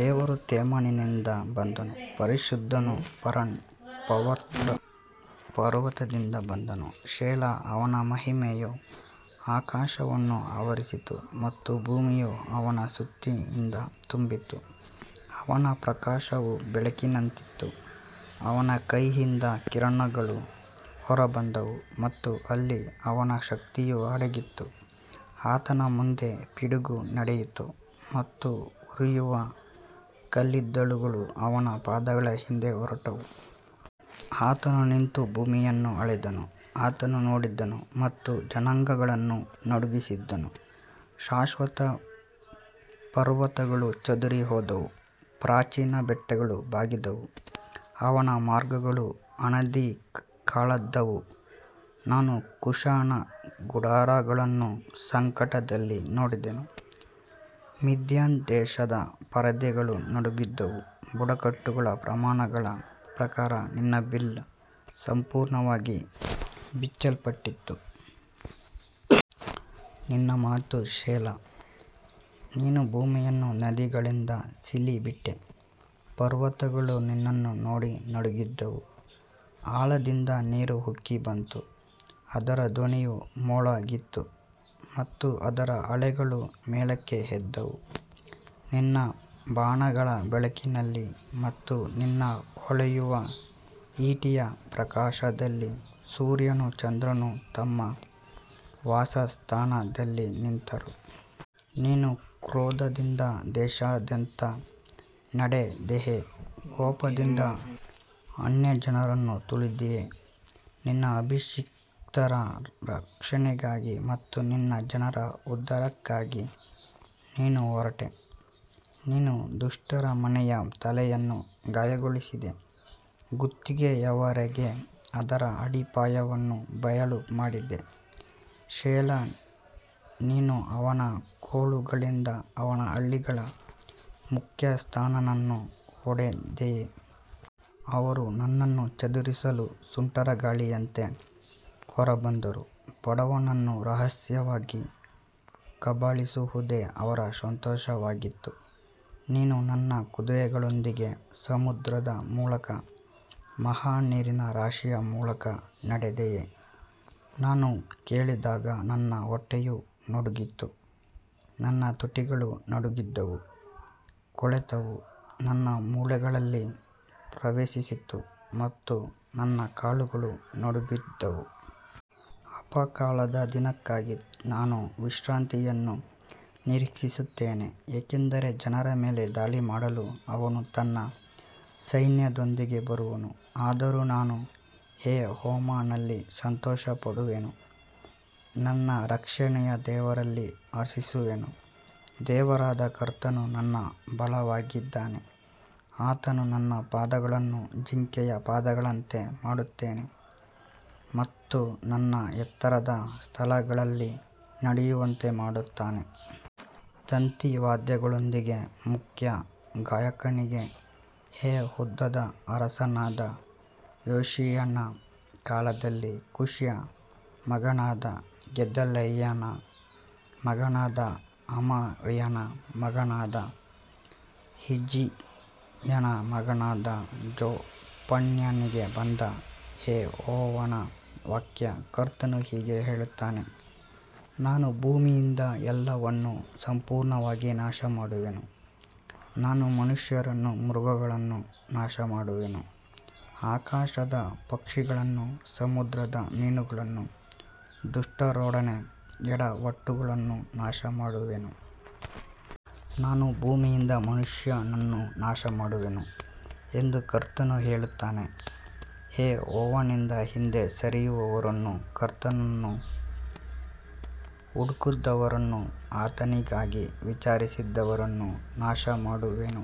ದೇವರು ತೇಮಾನಿನಿಂದ ಬಂದನು, ಪರಿಶುದ್ಧನು ಪರಾನ್ ಪರ್ವತದಿಂದ ಬಂದನು. ಸೆಲಾ. ಅವನ ಮಹಿಮೆಯು ಆಕಾಶವನ್ನು ಆವರಿಸಿತು ಮತ್ತು ಭೂಮಿಯು ಅವನ ಸ್ತುತಿಯಿಂದ ತುಂಬಿತು. ಅವನ ಪ್ರಕಾಶವು ಬೆಳಕಿನಂತಿತ್ತು, ಅವನ ಕೈಯಿಂದ ಕಿರಣಗಳು ಹೊರಬಂದವು ಮತ್ತು ಅಲ್ಲಿ ಅವನ ಶಕ್ತಿಯು ಅಡಗಿತ್ತು. ಆತನ ಮುಂದೆ ಪಿಡುಗು ನಡೆಯಿತು ಮತ್ತು ಉರಿಯುವ ಕಲ್ಲಿದ್ದಲುಗಳು ಅವನ ಪಾದಗಳ ಹಿಂದೆ ಹೊರಟವು. ಆತನು ನಿಂತು ಭೂಮಿಯನ್ನು ಅಳೆದನು, ಆತನು ನೋಡಿದನು ಮತ್ತು ಜನಾಂಗಗಳನ್ನು ನಡುಗಿಸಿದನು. ಶಾಶ್ವತ ಪರ್ವತಗಳು ಚದುರಿಹೋದವು, ಪ್ರಾಚೀನ ಬೆಟ್ಟಗಳು ಬಾಗಿದವು. ಅವನ ಮಾರ್ಗಗಳು ಅನಾದಿಕಾಲದವು. ನಾನು ಕೂಷನ ಗುಡಾರಗಳನ್ನು ಸಂಕಟದಲ್ಲಿ ನೋಡಿದೆನು, ಮಿದ್ಯಾನ್ ದೇಶದ ಪರದೆಗಳು ನಡುಗಿದವು. ಬುಡಕಟ್ಟುಗಳ ಪ್ರಮಾಣಗಳ ಪ್ರಕಾರ ನಿನ್ನ ಬಿಲ್ಲು ಸಂಪೂರ್ಣವಾಗಿ ಬಿಚ್ಚಲ್ಪಟ್ಟಿತು. ನಿನ್ನ ಮಾತು ಸೆಲಾ. ನೀನು ಭೂಮಿಯನ್ನು ನದಿಗಳಿಂದ ಸೀಳಿಬಿಟ್ಟೆ. ಪರ್ವತಗಳು ನಿನ್ನನ್ನು ನೋಡಿ ನಡುಗಿದವು, ಆಳದಿಂದ ನೀರು ಉಕ್ಕಿಬಂತು, ಅದರ ಧ್ವನಿಯು ಮೊಳಗಿತು ಮತ್ತು ಅದರ ಅಲೆಗಳು ಮೇಲಕ್ಕೆ ಎದ್ದವು. ನಿನ್ನ ಬಾಣಗಳ ಬೆಳಕಿನಲ್ಲಿ ಮತ್ತು ನಿನ್ನ ಹೊಳೆಯುವ ಈಟಿಯ ಪ್ರಕಾಶದಲ್ಲಿ ಸೂರ್ಯನೂ ಚಂದ್ರನೂ ತಮ್ಮ ವಾಸಸ್ಥಾನದಲ್ಲಿ ನಿಂತರು. ನೀನು ಕ್ರೋಧದಿಂದ ದೇಶದಾದ್ಯಂತ ನಡೆದೆಯೆ, ಕೋಪದಿಂದ ಅನ್ಯಜನರನ್ನು ತುಳಿದೆಯೆ. ನಿನ್ನ ಅಭಿಷಿಕ್ತರ ರಕ್ಷಣೆಗಾಗಿ ಮತ್ತು ನಿನ್ನ ಜನರ ಉದ್ಧಾರಕ್ಕಾಗಿ ನೀನು ಹೊರಟೆ. ನೀನು ದುಷ್ಟರ ಮನೆಯ ತಲೆಯನ್ನು ಗಾಯಗೊಳಿಸಿದೆ, ಕುತ್ತಿಗೆಯವರೆಗೆ ಅದರ ಅಡಿಪಾಯವನ್ನು ಬಯಲುಮಾಡಿದೆ. ಸೆಲಾ. ನೀನು ಅವನ ಕೋಲುಗಳಿಂದ ಅವನ ಹಳ್ಳಿಗಳ ಮುಖ್ಯಸ್ಥನನ್ನು ಹೊಡೆದೆಯೆ. ಅವರು ನನ್ನನ್ನು ಚದುರಿಸಲು ಸುಂಟರಗಾಳಿಯಂತೆ ಹೊರಬಂದರು, ಬಡವನನ್ನು ರಹಸ್ಯವಾಗಿ ಕಬಳಿಸುವುದೇ ಅವರ ಸಂತೋಷವಾಗಿತ್ತು. ನೀನು ನಿನ್ನ ಕುದುರೆಗಳೊಂದಿಗೆ ಸಮುದ್ರದ ಮೂಲಕ, ಮಹಾ ನೀರಿನ ರಾಶಿಯ ಮೂಲಕ ನಡೆದೆಯೆ. ನಾನು ಕೇಳಿದಾಗ ನನ್ನ ಹೊಟ್ಟೆಯು ನಡುಗಿತು, ನನ್ನ ತುಟಿಗಳು ನಡುಗಿದವು. ಕೊಳೆತವು ನನ್ನ ಮೂಳೆಗಳಲ್ಲಿ ಪ್ರವೇಶಿಸಿತು ಮತ್ತು ನನ್ನ ಕಾಲುಗಳು ನಡುಗಿದವು. ಆಪತ್ಕಾಲದ ದಿನಕ್ಕಾಗಿ ನಾನು ವಿಶ್ರಾಂತಿಯನ್ನು ನಿರೀಕ್ಷಿಸುತ್ತೇನೆ, ಏಕೆಂದರೆ ಜನರ ಮೇಲೆ ದಾಳಿ ಮಾಡಲು ಅವನು ತನ್ನ ಸೈನ್ಯದೊಂದಿಗೆ ಬರುವನು. ಆದರೂ ನಾನು ಯೆಹೋವನಲ್ಲಿ ಸಂತೋಷಪಡುವೆನು, ನನ್ನ ರಕ್ಷಣೆಯ ದೇವರಲ್ಲಿ ಹರ್ಷಿಸುವೆನು. ದೇವರಾದ ಕರ್ತನು ನನ್ನ ಬಲವಾಗಿದ್ದಾನೆ. ಆತನು ನನ್ನ ಪಾದಗಳನ್ನು ಜಿಂಕೆಯ ಪಾದಗಳಂತೆ ಮಾಡುತ್ತಾನೆ ಮತ್ತು ನನ್ನ ಎತ್ತರದ ಸ್ಥಳಗಳಲ್ಲಿ ನಡೆಯುವಂತೆ ಮಾಡುತ್ತಾನೆ. ತಂತಿವಾದ್ಯಗಳೊಂದಿಗೆ ಮುಖ್ಯ ಗಾಯಕನಿಗೆ. ಯೆಹೂದದ ಅರಸನಾದ ಯೋಷೀಯನ ಕಾಲದಲ್ಲಿ ಕೂಶಿಯ ಮಗನಾದ ಗೆದಲ್ಯನ ಮಗನಾದ ಅಮರ್ಯನ ಮಗನಾದ ಹಿಜ್ಕೀಯನ ಮಗನಾದ ಜೆಫನ್ಯನಿಗೆ ಬಂದ ಯೆಹೋವನ ವಾಕ್ಯ. ಕರ್ತನು ಹೀಗೆ ಹೇಳುತ್ತಾನೆ, ನಾನು ಭೂಮಿಯಿಂದ ಎಲ್ಲವನ್ನೂ ಸಂಪೂರ್ಣವಾಗಿ ನಾಶಮಾಡುವೆನು. ನಾನು ಮನುಷ್ಯರನ್ನೂ ಮೃಗಗಳನ್ನೂ ನಾಶಮಾಡುವೆನು. ಆಕಾಶದ ಪಕ್ಷಿಗಳನ್ನೂ ಸಮುದ್ರದ ಮೀನುಗಳನ್ನೂ ದುಷ್ಟರೊಡನೆ ಎಡವಟ್ಟುಗಳನ್ನೂ ನಾಶಮಾಡುವೆನು. ನಾನು ಭೂಮಿಯಿಂದ ಮನುಷ್ಯನನ್ನು ನಾಶಮಾಡುವೆನು ಎಂದು ಕರ್ತನು ಹೇಳುತ್ತಾನೆ. ಯೆಹೋವನಿಂದ ಹಿಂದೆ ಸರಿಯುವವರನ್ನೂ ಕರ್ತನನ್ನು ಹುಡುಕದವರನ್ನೂ ಆತನಿಗಾಗಿ ವಿಚಾರಿಸದವರನ್ನೂ ನಾಶಮಾಡುವೆನು.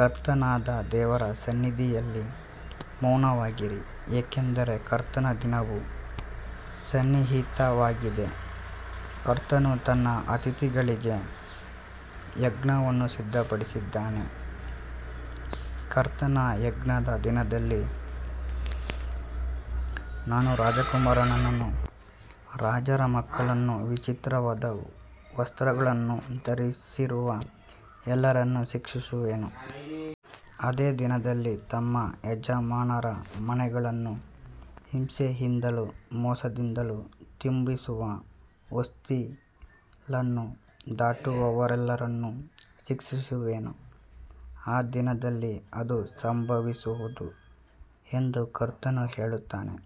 ಕರ್ತನಾದ ದೇವರ ಸನ್ನಿಧಿಯಲ್ಲಿ ಮೌನವಾಗಿರಿ, ಯಾಕಂದರೆ ಕರ್ತನ ದಿನವು ಸನ್ನಿಹಿತವಾಗಿದೆ. ಕರ್ತನು ತನ್ನ ಅತಿಥಿಗಳಿಗೆ ಯಜ್ಞವನ್ನು ಸಿದ್ಧಪಡಿಸಿದ್ದಾನೆ. ಕರ್ತನ ಯಜ್ಞದ ದಿನದಲ್ಲಿ ನಾನು ರಾಜಕುಮಾರರನ್ನೂ ರಾಜರ ಮಕ್ಕಳನ್ನೂ ವಿಚಿತ್ರವಾದ ವಸ್ತ್ರಗಳನ್ನು ಧರಿಸಿರುವ ಎಲ್ಲರನ್ನೂ ಶಿಕ್ಷಿಸುವೆನು. ಅದೇ ದಿನದಲ್ಲಿ ತಮ್ಮ ಯಜಮಾನರ ಮನೆಗಳನ್ನು ಹಿಂಸೆಯಿಂದಲೂ ಮೋಸದಿಂದಲೂ ತುಂಬಿಸುವ ಹೊಸ್ತಿಲನ್ನು ದಾಟುವವರೆಲ್ಲರನ್ನೂ ಶಿಕ್ಷಿಸುವೆನು. ಆ ದಿನದಲ್ಲಿ ಅದು ಸಂಭವಿಸುವುದು ಎಂದು ಕರ್ತನು ಹೇಳುತ್ತಾನೆ.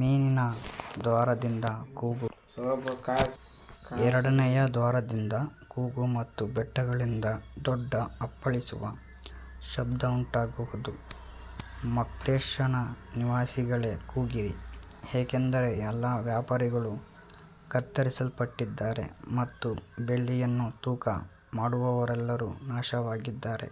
ಮೀನಿನ ದ್ವಾರದಿಂದ ಕೂಗು, ಎರಡನೆಯ ದ್ವಾರದಿಂದ ಕೂಗು ಮತ್ತು ಬೆಟ್ಟಗಳಿಂದ ದೊಡ್ಡ ಅಪ್ಪಳಿಸುವ ಶಬ್ದ ಉಂಟಾಗುವುದು. ಮಕ್ತೇಶನ ನಿವಾಸಿಗಳೇ, ಕೂಗಿರಿ, ಏಕೆಂದರೆ ಎಲ್ಲಾ ವ್ಯಾಪಾರಿಗಳು ಕತ್ತರಿಸಲ್ಪಟ್ಟಿದ್ದಾರೆ ಮತ್ತು ಬೆಳ್ಳಿಯನ್ನು ತೂಕಮಾಡುವವರೆಲ್ಲರೂ ನಾಶವಾಗಿದ್ದಾರೆ.